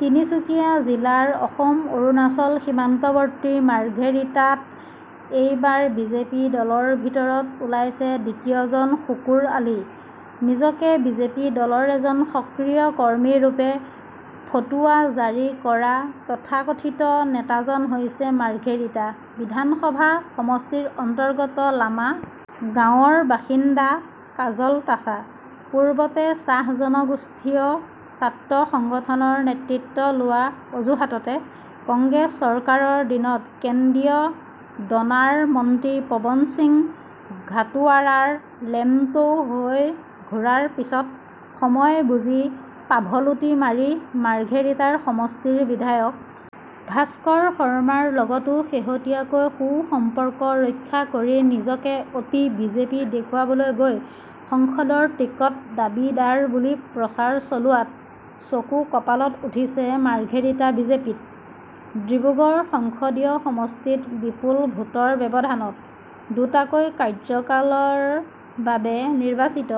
তিনিচুকীয়া জিলাৰ অসম অৰুণাচল সীমান্তবৰ্তী মাৰ্ঘেৰিটাত এইবাৰ বিজেপি দলৰ ভিতৰত ওলাইছে দ্বিতীয়জন শুকুৰ আলি৷ নিজকে বিজেপি দলৰ এজন সক্ৰিয় কৰ্মী ৰূপে ফটোৱা জাৰি কৰা তথা কথিত নেতাজন হৈছে মাৰ্ঘেৰিটা। বিধানসভা সমষ্টিৰ অন্তৰ্গত লামা গাৱৰ বাসিন্দা কাজল তাছা৷ পূৰ্বতে চাহ জনগোষ্ঠীয় ছাত্ৰ সংগঠনৰ নেতৃত্ব লোৱাৰ অজুহাততে কংগ্ৰেছ চৰকাৰৰ দিনত কেন্দ্ৰীয় ডনাৰ মন্ত্ৰী পৱন সিং ঘাটোৱাৰৰ লেমটো হৈ ঘুৰাৰ পিছত সময় বুজি পাভ লুটি মাৰি মাৰ্ঘেৰিটাৰ সমষ্টিৰ বিধায়ক ভাস্কৰ শৰ্মাৰ লগতো শেহতীয়াকৈ সু-সম্পৰ্ক ৰক্ষা কৰি নিজকে অতি বিজেপি দেখুৱাবলৈ গৈ সংসদৰ টিকট দাবী-দাৰ বুলি প্ৰচাৰ চলোৱাত চকু কপালত উঠিছে মাৰ্ঘেৰিটা বিজেপিত৷ ডিব্ৰুগড় সংসদীয় সমষ্টিত বিপুল ভোটৰ ব্যৱধানত দুটাকৈ কাৰ্যকালৰ বাবে নিৰ্বাচিত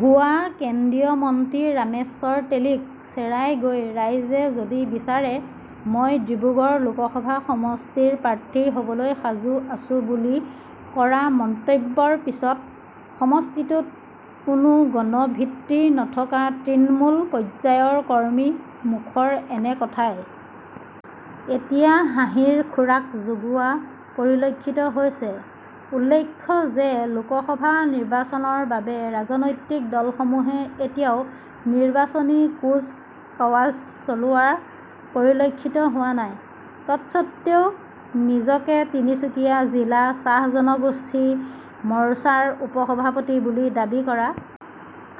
হোৱা কেন্দ্ৰীয় মন্ত্ৰী ৰামেশ্বৰ তেলীক চেৰাই গৈ ৰাইজে যদি বিছাৰে মই ডিব্ৰুগড় লোকসভা সমষ্টিৰ প্ৰাৰ্থী হ'বলৈ সাজু আছোঁ বুলি কৰা মন্তব্যৰ পিছত সমষ্টিটোত কোনো গণ ভিত্তি নথকা তৃণমূল পৰ্যায়ৰ কৰ্মীৰ মুখৰ এনে কথাই এতিয়া হাঁহিৰ খোৰাক যোগোৱা পৰিলক্ষিত হৈছে৷ উল্লেখ্য যে লোকসভা নিৰ্বাচনৰ বাবে ৰাজনৈতিক দল সমূহে এতিয়াও নিৰ্বাচনী কুজ কাৱাজ চলোৱা পৰিলক্ষিত হোৱা নাই৷ তৎস্বত্বেও নিজকে তিনিচুকীয়া জিলা চাহ জনগোষ্ঠী মৰ্চাৰ উপঃসভাপতি বুলি দাবী কৰা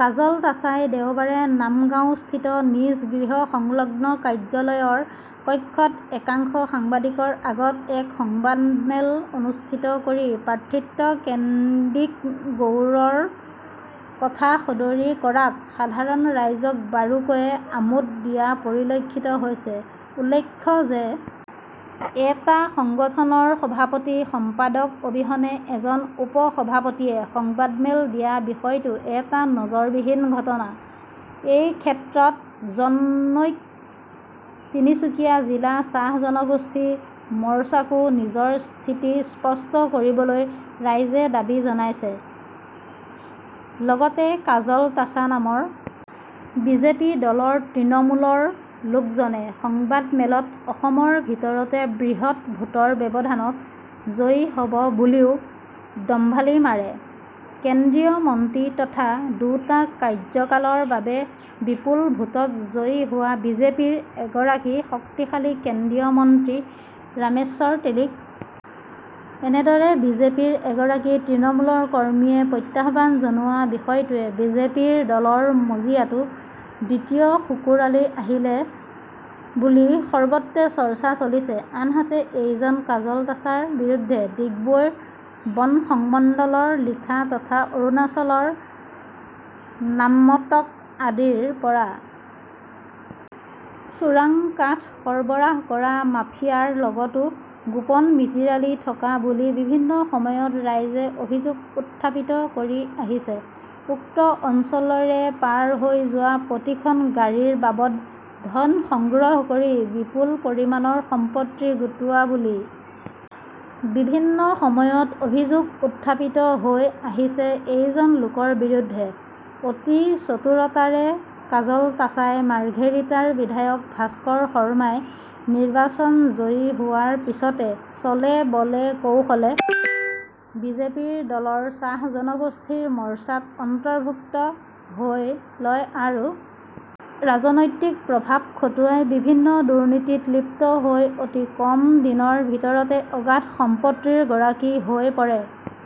কাজল তাছাই দেওবাৰে লাম গাওঁ স্থিত নিজ গৃহ সংলগ্ন কাৰ্যালয়ৰ কক্ষত একাংশ সাংবাদিকৰ আগত এক সংবাদমেল অনুষ্ঠিত কৰি প্ৰাৰ্থীত্ব কেন্দ্ৰীক দৌৰৰ কথা সদৰি কৰাত সাধাৰণ ৰাইজক বাৰুকৈয়ে আমোদ দিয়া পৰিলক্ষিত হৈছে৷ উল্লেখ্য যে এটা সংগঠনৰ সভাপতি সম্পাদক অবিহনে এজন উপঃ সভাপতিয়ে সংবাদমেল দিয়া বিষয়টো এটা নজৰবিহীন ঘটনা৷ এই ক্ষেত্ৰত জনৈক তিনিচুকীয়া জিলা চাহ জনগোষ্ঠী মৰ্চাকো নিজৰ স্থিতি স্পষ্ট কৰিবলৈ ৰাইজে দাবী জনাইছে৷ লগতে কাজল তাছা নামৰ বিজেপি দলৰ তৃণমূলৰ লোকজনে সংবাদ মেলত অসমৰ ভিতৰতে বৃহৎ ভোটৰ ব্যৱধানত জয়ী হ'ব বুলিও দম্ভালি মাৰে৷ কেন্দ্ৰীয় মন্ত্ৰী তথা দুটা কাৰ্যকালৰ বাবে বিপুল ভোটত জয়ী হোৱা বিজেপিৰ এগৰাকী শক্তিশালী কেন্দ্ৰীয় মন্ত্ৰী ৰামেশ্বৰ তেলীক এনেদৰে বিজেপিৰ এগৰাকী তৃণমূলৰ কৰ্মীয়ে প্ৰত্যাহ্বান জনোৱা বিষয়টোৱে বিজেপিৰ দলৰ মজিয়াতো দ্বিতীয় শুকুৰ আলি আহিলে বুলি সৰ্বত্ৰে চৰ্চা চলিছে৷ আনহাতে এইজন কাজল তাছাৰ বিৰুদ্ধে ডিগবৈ বন সংমণ্ডলৰ লিখা তথা অৰুণাচলৰ নামটক আদিৰ পৰা চোৰাং কাঠ সৰবৰাহ কৰা মাফিয়াৰ লগতো গোপন মিতিৰালি থকা বুলি বিভিন্ন সময়ত ৰাইজে অভিযোগ উত্থাপিত কৰি আহিছে৷ উক্ত অঞ্চলেৰে পাৰ হৈ যোৱা প্ৰতিখন গাড়ীৰ বাবদ ধন সংগ্ৰহ কৰি বিপুল পৰিমাণৰ সম্পত্তি গোটোৱা বুলি বিভিন্ন সময়ত অভিযোগ উত্থাপিত হৈ আহিছে এইজন লোকৰ বিৰুদ্ধে৷ অতি চতুৰতাৰে কাজল তাছাই মাৰ্ঘেৰিটাৰ বিধায়ক ভাস্কৰ শৰ্মাই নিৰ্বাচন জয়ী হোৱাৰ পিছতে চলে বলে কৌশলে বিজেপিৰ দলৰ চাহ জনগোষ্ঠী মৰ্চাত অন্তভুৰ্ক্ত হৈ লয় আৰু ৰাজনৈতিক প্ৰভাৱ খটুৱাই বিভিন্ন দুৰ্নীতিত লিপ্ত হৈ অতি কম দিনৰ ভিতৰতে অগাধ সম্পত্তিৰ গৰাকী হৈ পৰে৷